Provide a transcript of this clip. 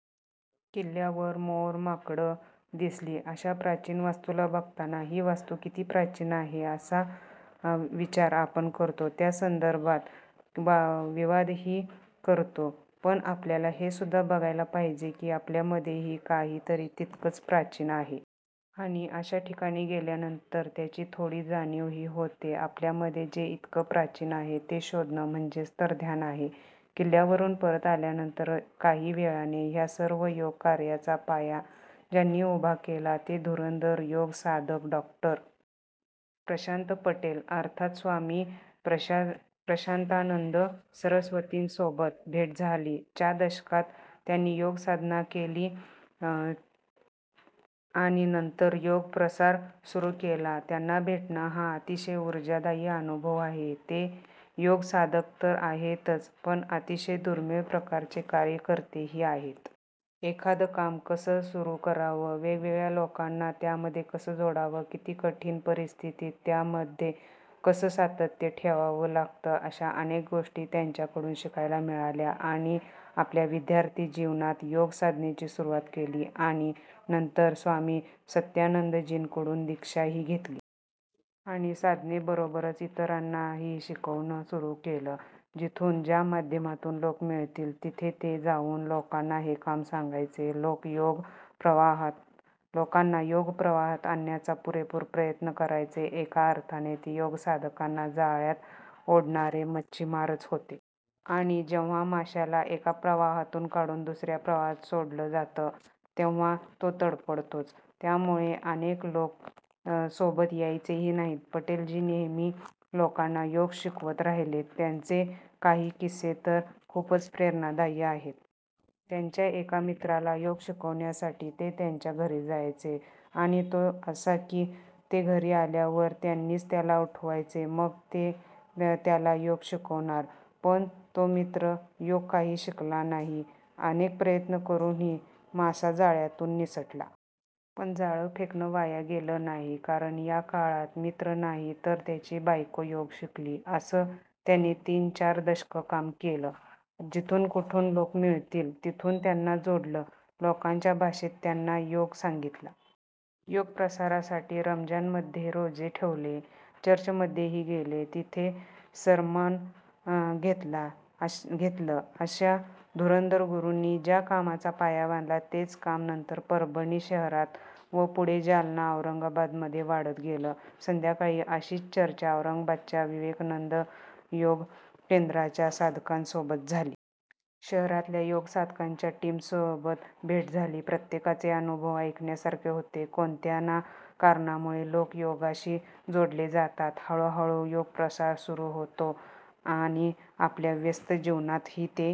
किल्ल्यावर मोर आणि माकडं दिसली. अशा प्राचीन वास्तूला बघताना ही वास्तू किती प्राचीन आहे, असा विचार आपण करतो; त्यासंदर्भात विवादही करतो. पण आपल्याला हेसुद्धा बघायला पाहिजे की, आपल्यामध्येही काही तरी तितकंच प्राचीन आहे. आणि अशा ठिकाणी गेल्यावर त्याची थोडी जाणीवही होते. आपल्यामध्ये जे इतकं प्राचीन आहे, ते शोधणं म्हणजेच तर ध्यान आहे! किल्ल्यावरून परत आल्यानंतर काही वेळाने ह्या सर्व योग कार्याचा पाया ज्यांनी उभा केला ते धुरंधर योग साधक डॉ. प्रशांत पटेल अर्थात् स्वामी प्रशांतानंद सरस्वतींसोबत भेट झाली. च्या दशकात त्यांनी योग साधना केली आणि नंतर योग प्रसार सुरू केला. त्यांना भेटणं हा अतिशय ऊर्जादायी अनुभव होता. ते योग साधक तर आहेतच, पण अतिशय दुर्मिळ प्रकारचे कार्यकर्तेही आहेत. एखादं काम कसं सुरू करावं, वेगवेगळ्या लोकांना त्यामध्ये कसं जोडावं, किती कठीण परिस्थितीत त्यामध्ये कसं सातत्य ठेवावं लागतं, अशा अनेक गोष्टी त्यांह्याकडून शिकायला मिळाल्या. त्यांनी आपल्या विद्यार्थी जीवनात योग साधनेची सुरुवात केली आणि नंतर स्वामी सत्यानंदजींकडून दीक्षाही घेतली. आणि साधनेबरोबरच इतरांनाही शिकवणं सुरू केलं. जिथून, ज्या माध्यमातून लोक मिळतील, तिथे ते जाऊन लोकांना हे काम सांगायचे, लोकांना योग- प्रवाहात आणण्याचा पुरेपूर प्रयत्न करायचे. एका अर्थाने ते योग- साधकांना जाळ्यात ओढणारे मच्छीमारच होते! आणि जेव्हा माशाला एका प्रवाहातून काढून दुस-या प्रवाहात सोडलं जातं, तेव्हा तो तडफडतोच! त्यामुळे अनेक लोक सोबत यायचेही नाहीत. पटेल जी नेहमी लोकांना योग शिकवत राहिले. त्यांचे काही किस्से तर खूपच प्रेरणादायी आहेत. त्यांच्या एका मित्राला योग शिकवण्यासाठी ते त्याच्या घरी जायचे. आणि तोही असा की, ते घरी आल्यावर त्यांनीच त्याला उठवायचं. मग ते त्याला योग शिकवणार. पण तो मित्र योग काही शिकला नाही! अनेक प्रयत्न करूनही मासा जाळ्यातून निसटला. पण जाळं फेकणं वाया गेलं नाही, कारण ह्या काळात मित्र नाही, पण त्याची बायको योग शिकली! असं त्यांनी तीन- चार दशक काम केलं. जिथून कुठून लोक मिळतील, तिथून त्यांना जोडलं. लोकांच्या भाषेत त्यांना योग सांगितला. योग प्रसारासाठी रमज़ानमध्ये रोजे ठेवले, चर्चमध्येही गेले; तिथेही सरमॉन घेतलं! अशा धुरंधर गुरूंनी ज्या कामाचा पाया बांधला, तेच काम नंतर परभणी शहरात व पुढे जालना- औरंगाबादमध्ये वाढत गेलं! संध्याकाळी अशीच चर्चा औरंगाबादच्या विवेकानंद योग केंद्राच्या साधकांसोबत झाली. शहरातल्या योग साधकांच्या टीमसोबत भेट झाली. प्रत्येकाचे अनुभव ऐकण्यासारखे आहेत. कोणत्या ना कारणामुळे लोक योगाशी जोडले जातात. हळु हळु योग प्रसार सुरू होतो. आणि आपल्या व्यस्त जीवनातही ते